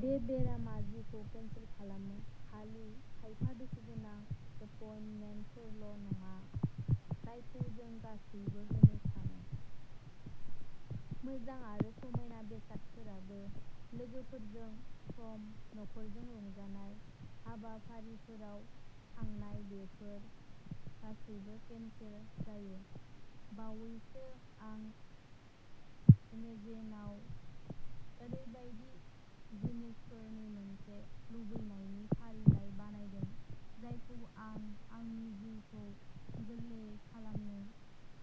बे बेरामा जिउखौ केनसेल खालामो। खालि खायफा दुखुगोनां एपइन्टमेन्टफोरल'नङा, जायखौ जों गासैबो होनो सानो। मोजां आरो समायना बेसादफोराबो। लोगोफोरजों सम, नखरजों रंजानाय, हाबाफारिफोराव थांनायबेफोर गासैबो केनसेल जायो। बावैसो आं एमेजनआव ओरैबायदि जिनिसफोरनि मोनसे लुबैनायनि फारिलाइ बानायदों जायखौ आं आंनि जिउखौ गोरलै खालामनो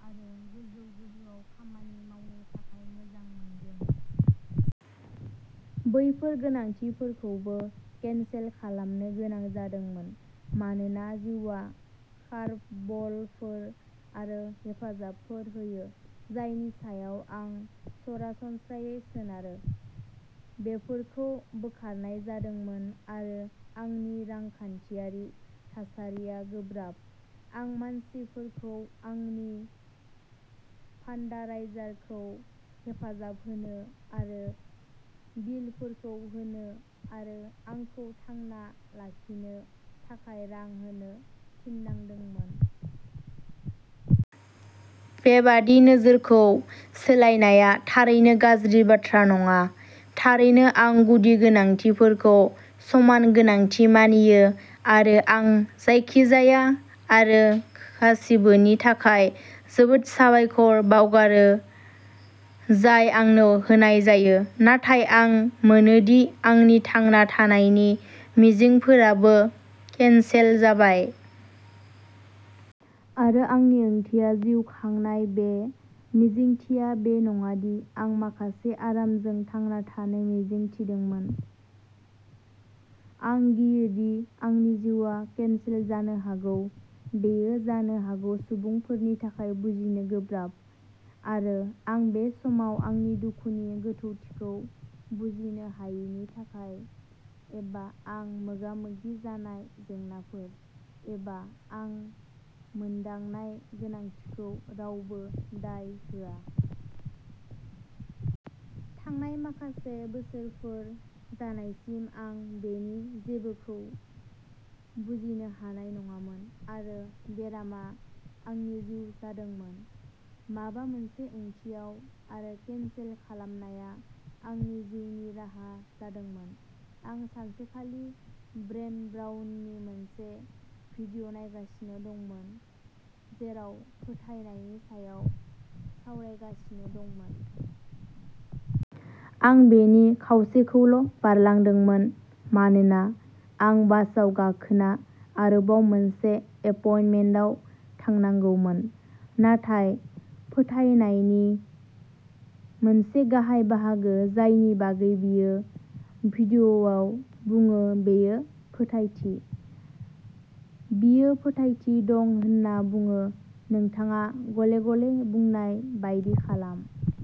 आरो गोजौ गोहोआव खामानि मावनो थाखाय मोजां मोनगोन। बैफोर गोनांथिफोरखौबो केनसेल खालामनो गोनां जादोंमोन, मानोना जिउआ कार्भ बलफोर आरो हेफाजाबफोर होयो जायनि सायाव आं सरासनस्रायै सोनारो, बेफोरखौ बोखारनाय जादोंमोन, आरो आंनि रांखान्थियारि थासारिया गोब्राब। आं मानसिफोरखौ आंनि फान्डाराइजारखौ हेफाजाब होनो आरो बिलफोरखौ होनो आरो आंखौ थांना लाखिनो थाखाय रां होनो थिननांदोंमोन। बेबादि नोजोरखौ सोलायनाया थारैनो गाज्रि बाथ्रा नङा। थारैनो, आं गुदि गोनांथिफोरखौ समान गोनांथि मानियो, आरो आं जायखिजाया आरो गासिबोनि थाखाय जोबोद साबायखर बावगारो जाय आंनो होनाय जायो। नाथाय आं मोनो दि आंनि थांना थानायनि मिजिंफोराबो केनसेल जाबाय। आरो आंनि ओंथिया जिउ खांनाय। बे मिजिंथिया बे नङा दि आं माखासे आरामजों थांना थानो मिजिं थिदोंमोन। आं गियो दि आंनि जिउआ केनसेल जानो हागौ। बेयो जानो हागौ सुबुंफोरनि थाखाय बुजिनो गोब्राब। आरो आं बे समाव आंनि दुखुनि गोथौथिखौ बुजिनो हायैनि थाखाय, एबा आं मोगा-मोगि जानाय जेंनाफोर, एबा आं मोनदांनाय गोनांथिखौ रावबो दाय होआ। थांनाय माखासे बोसोरफोर जानायसिम आं बेनि जेबोखौ बुजिनो हानाय नङामोन, आरो बेरामआ आंनि जिउ जादोंमोन, माबा मोनसे ओंथियाव। आरो केनसेल खालामनाया आंनि जिउनि राहा जादोंमोन। आं सानसेखालि ब्रेन ब्राउननि मोनसे भिडिअ'नायगासिनो दंमोन जेराव फोथायनायनि सायाव सावरायगासिनो दंमोन। आं बेनि खावसेखौल'बारलांदोंमोन मानोना आं बासआव गाखोना आरोबाव मोनसे एपइन्टमेन्टआव थांनांगौमोन। नाथाय फोथायनायनि मोनसे गाहाय बाहागो जायनि बागै बियो भिडिअ'आव बुङो बेयो फोथायथि। बियो फोथायथि दं होनना बुङो। नोंथाङा "गले-गले" बुंनाय बायदि खालाम।